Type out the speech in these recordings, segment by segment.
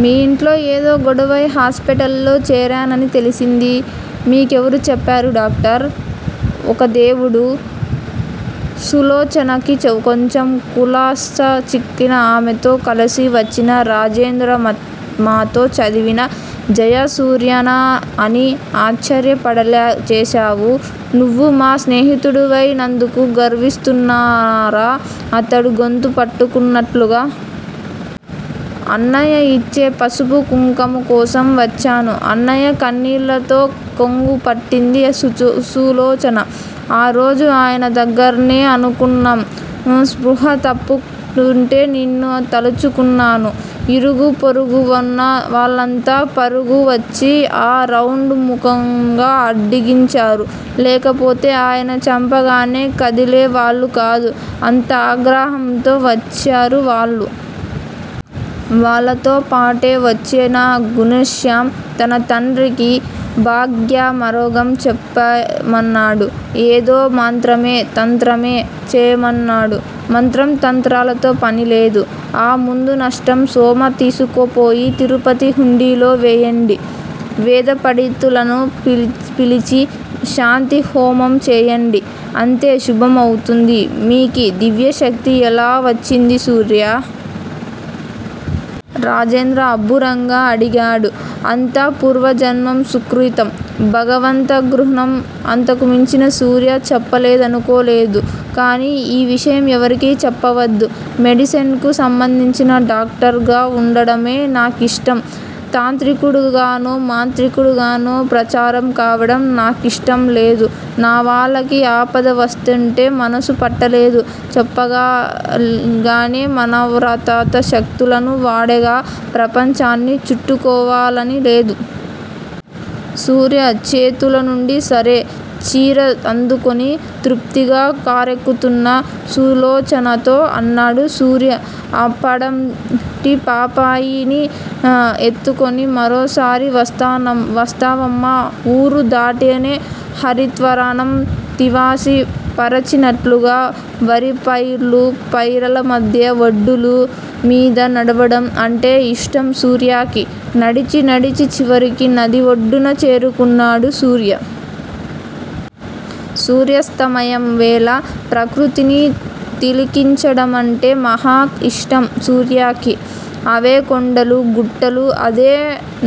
మీ ఇంట్లో ఏదో గొడవై హాస్పిటల్ లో చేరారని తెలిసింది. మీకెవరు చెప్పారు డాక్టర్. ఒక దేవుడు! సులోచనకి కొంచెం కులాసా చిక్కాక ఆమెతో కలిసి వచ్చిన రాజేంద్ర మాతో చదివిన జయసూర్యేనా అని ఆశ్చర్యపడేలా చేసావు. నువ్వు మా స్నేహితుడివై నందుకు గర్విస్తున్నాంరా! అతడి గొంతు పట్టుకున్నట్లుగా. అన్నయ్య ఇచ్చే పసుపుకుంకుమ కోసం వచ్చాను అన్నయ్యా కన్నీళ్లతో కొంగు పట్టింది సులోచన. ఆ రోజు ఆయన దగ్గరనే అనుకున్నాం. స్పృహ తప్పుతుంటే నిన్నే తలచుకున్నాను. ఇరుగు పొరుగునవున్న వాళ్ళంతా పరుగున వచ్చి, ఆ రౌడీమూకను అడ్డగించారు. లేకపోతే ఆయన్ని చంపిగాని కదిలేవాళ్లు కాదు. అంత ఆగ్రహంతో వచ్చారు వాళ్లు. వాళ్లతోపాటే వచ్చిన ఘనశ్యామ్ తన తండ్రికి బాగయ్యే మార్గం చెప్పమన్నాడు. ఏదో మంత్రమో తంత్రమో చేయమన్నాడు. మంత్ర తంత్రాలతో పనిలేదు. ఆ ముదనష్టపు సొమ్ము తీసుకుపోయి తిరుపతి హుండీలో వేయండి. వేదపండితులను పిలిచి, శాంతి హోమం చేయించండి. అంతా శుభం అవుతుంది. మీకీ దివ్యశక్తి ఎలా వచ్చింది సూర్యా? రాజేంద్ర అబ్బురంగా అడిగాడు. అంతా పూర్వజన్మ సుకృతం. భగవదమగ్రహం అంతకుమించి సూర్య చెప్పదలచుకోలేదు. కానీ ఈ విషయం ఎవరికీ చెప్పవద్దు. మెడిసిన్ కు సంబందించిన డాక్టర్ గ వుండడమే నాకిష్టం. తాంత్రికుడిగానో, మాంత్రికుడిగానో ప్రచారం కావడం నాకిష్టంలేదు. నా వాళ్లకి ఆపద వస్తుంటే, మనసు పట్టలేక చెప్పానేగానీ మానవాతీత శక్తులున్నవాడిగా, ప్రపంచానికి చాటుకోవాలని లేదు. సూర్య చేతుల నుండి సారె, చీర అందుకుని, తృప్తిగా కారెక్కుతున్న సులోచనతో అన్నాడు సూర్య పండంటి పాపాయిని ఎత్తుకుని మరోసారి వస్తావమ్మా! ఊరు దాటుతూనే హరితవర్ణపు తివాసీ పరచినట్లుగా వరిపైరులు, పైరుల మధ్య ఒడ్డుల మీద నడవడం అంటే ఇష్టం సూర్యకి. నడిచి నడిచి చివరికి నది ఒడ్డుకు చేరుకున్నాడు సూర్య. సూర్యస్తమయం వేళ ప్రకృతిని తిలకించడమంటే మాహా ఇష్టం సూర్యకి. అవే కొండలు, గుట్టలు, అదే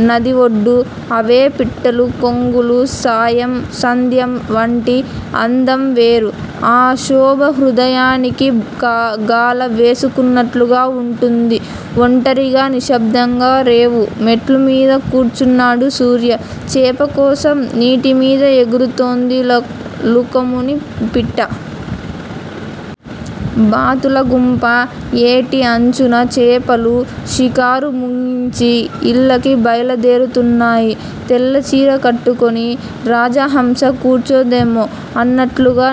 నది ఒడ్డు! అవే పిట్టలు, కొంగలూ, సాయం సంధ్యలో వాటి అందంవేరు. ఆ శోభ హృదయానికి గాలం వేస్తున్నట్లుగా వుంటుంది. ఒంటరిగా నిశ్శబ్దంగా రేవు మెట్లమీద కూర్చున్నాడు సూర్య. చేప కోసం నీటిమీద ఎగురుతోంది లకుముకి పిట్ట. బాతుల గుంపు ఏటి అంచున చేపల షికారు ముగించి, ఇళ్లకి బయల్దేరుతున్నాయి. తెల్లచీర కట్టుకుని, రాజహంస కూర్చుందేమో అన్నట్లుగా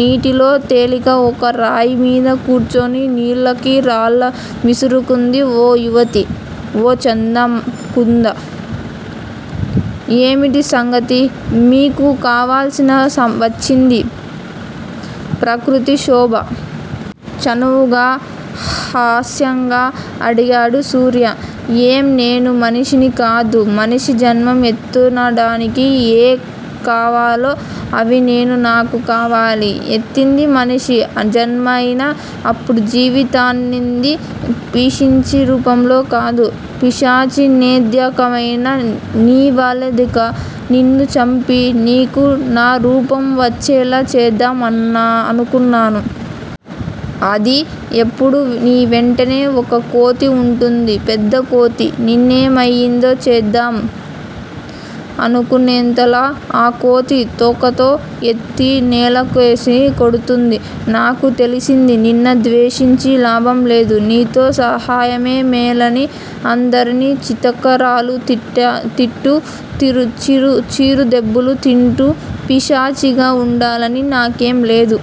నీటిలో తేలిన ఒక రాయి మీద కూర్చుని, నీళ్లల్లోకి రాళ్లు విసురుతోంది ఒక యువతి. ఓ! చంద్ర కదూ! ఏమిటి సంగతి! నీకూ కావలసి వచ్చిందా ప్రకృతి శోభ? చనువుగా, హాస్యంగా అడిగాడు సూర్య. ఏం నేను మనిషిని కాదా? మనిషి జన్మ ఎత్తినవాడికి ఏం కావాలో అవి అన్నీ నాకూ కావాలి. ఎత్తింది మనిషి జన్మేఅయినా ఇప్పుడు జీవిస్తున్నది పిశాచిరూపంలో కదా! పిశాచినెందుకయ్యాను? నీవల్లేకదా! నిన్ను చంపి, నీకూ నా రూపం వచ్చేలా చేద్దాం అనుకున్నాను. ఏదీ? ఎప్పుడూ నీవెంట ఒక కోతి వుంటుంది. పెద్దకోతి. నిన్నేమయినా చేద్దాం అనుకునేంతలో ఆ కోతి తోకతో ఎత్తి నేలకేసి్ కొడుతుంది. నాకు తెలిసింది నిన్ను ద్వేషించి లాభం లేదని, నీతో స్నేహమే మేలని, అందరి ఛీత్కారాలు తింటూ, చీపురు దెబ్బలు తింటూ పిశాచిగా వుండాలని నాకేం లేదు.